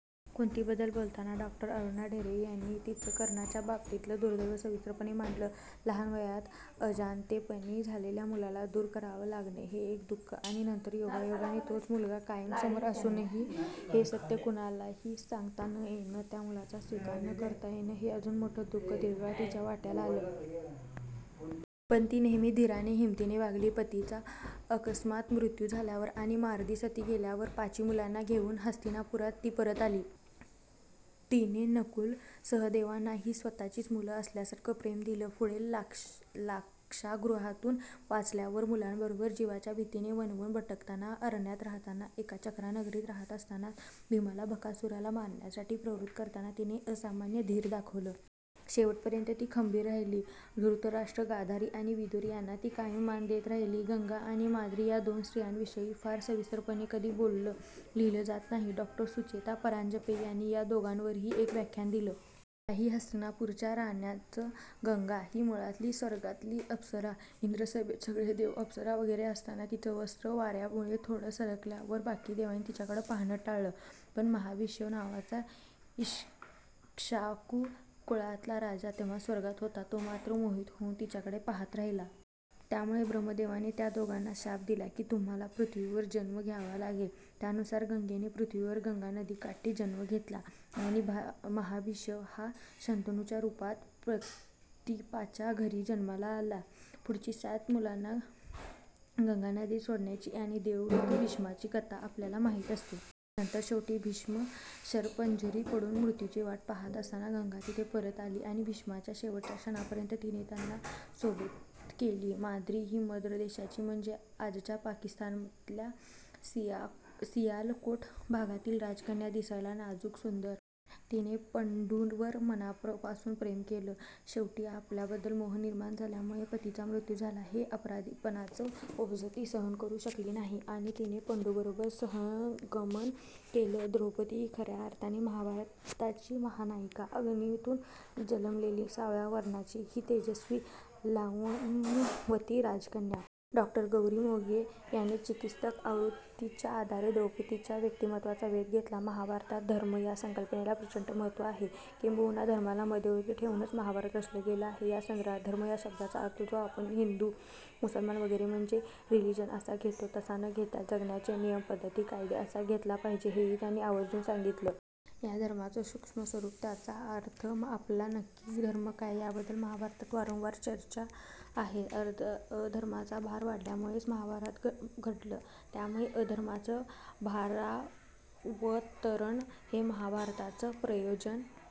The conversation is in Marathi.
कुंतीबद्दल बोलताना डॉ. अरुणा ढेरे यांनी तिचं कर्णाच्या बाबतीतलं दुर्दैव सविस्तरपणे मांडलं. लहान वयात अजाणतेपणी झालेल्या मुलाला दूर करावं लागणं हे एक दु:ख आणि नंतर योगायोगाने तोच मुलगा कायम समोर असूनही हे सत्य कुणालाही सांगता न येणं, त्या मुलाचा स्वीकार न करता येणं हे अजून मोठं दु:ख दीर्घकाळ तिच्या वाट्याला आलं. पण ती नेहमी धीराने, हिमतीने वागली. पतीचा अकस्मात मृत्यू झाल्यावर आणि माद्री सती गेल्यावर पाची मुलांना घेऊन हस्तिनापुरात ती परत आली. तिने नकुल-सहदेवांनाही स्वतःचीच मुलं असल्यासारखं प्रेम दिलं. पुढे लाक्षागृहातून वाचल्यावर मुलांबरोबर जिवाच्या भीतीने वणवण भटकताना, अरण्यात राहताना, एका चक्रा नगरीत रहात असताना भीमाला बकासुराला मारण्यासाठी प्रवृत्त करताना तिने असामान्य धीर दाखवलं. शेवटपर्यंत ती खंबीर राहिली. धृतराष्ट्र, गांधारी आणि विदुर यांना ती कायम मान देत राहिली. गंगा आणि माद्री या दोन स्त्रियांविषयी फार सविस्तरपणे कधी बोललं, लिहिलं जात नाही. डॉ. सुचेता परांजपे यांनी या दोघींवरही एक व्याख्यान दिलं. याही हस्तिनापूरच्या राण्याच. गंगा ही मुळातली स्वर्गातली अप्सरा. इंद्रसभेत सगळे देव, अप्सरा वगैरे असताना तिचं वस्त्र वार्यामुळे थोडं सरकल्यावर बाकी देवांनी तिच्याकडे पाहणं टाळलं, पण महाभिषव नावाचा ईक्ष्वाकु कुलातला राजा तेव्हा स्वर्गात होता, तो मात्र मोहित होऊन तिच्याकडे पहात राहिला. त्यामुळे ब्रह्मदेवाने त्या दोघांना शाप दिला की तुम्हाला पृथ्वीवर जन्म घ्यावा लागेल. त्यानुसार गंगेने पृथ्वीवर गंगा नदीकाठी जन्म घेतला आणि महाभिषव हा शंतनूच्या रूपात प्रतीपाच्या घरी जन्माला आला. पुढची सात मुलांना गंगा नदीत सोडण्याची आणि देवव्रत भीष्मांची कथा आपल्याला माहिती असते. नंतर शेवटी भीष्म शरपंजरी पडून मृत्यूची वाट पहात असताना गंगा तिथे परत आली आणि भीष्मांच्या शेवटच्या क्षणापर्यंत तिने त्यांना सोबत केली. माद्री ही मद्र देशाची, म्हणजे आजच्या पाकिस्तानातल्या सियालकोट भागातली राजकन्या. दिसायला नाजूक, सुंदर. तिने पंडूवर मनापासून प्रेम केलं. शेवटी आपल्याबद्दल मोह निर्माण झाल्यामुळे पतीचा मृत्यू झाला हे अपराधीपणाचं ओझं ती सहन करू शकली नाही आणि तिने पंडूबरोबर सहगमन केलं. द्रौपदी ही खर्या अर्थाने महाभारताची महानायिका. अग्नीतून जन्मलेली, सावळ्या वर्णाची ही तेजस्वी, लावण्यवती राजकन्या. डॉ. गौरी मोघे यांनी चिकित्सक आवृत्तीच्या आधारे द्रौपदीच्या व्यक्तिमत्त्वाचा वेध घेतला. महाभारतात 'धर्म' या संकल्पनेला प्रचंड महत्त्व आहे. किंबहुना धर्माला मध्यवर्ती ठेवूनच महाभारत रचलं गेलं आहे. या संदर्भात 'धर्म' या शब्दाचा अर्थ जो आज आपण हिंदू, मुसलमान वगैरे, म्हणजे 'रिलीजन' असा घेतो, तसा न घेता 'जगण्याचे नियम, पद्धती, कायदे' असा घेतला पाहिजे हेही त्यांनी आवर्जून सांगितलं. या धर्माचं सूक्ष्म स्वरूप, त्याचा अर्थ, आपला नक्की धर्म काय, याबद्दल महाभारतात वारंवार चर्चा आहे. अधर्माचा भार वाढल्यामुळेच महाभारत घडलं, त्यामुळे अधर्माचं 'भारावतरण' हे महाभारताचं प्रयोजन--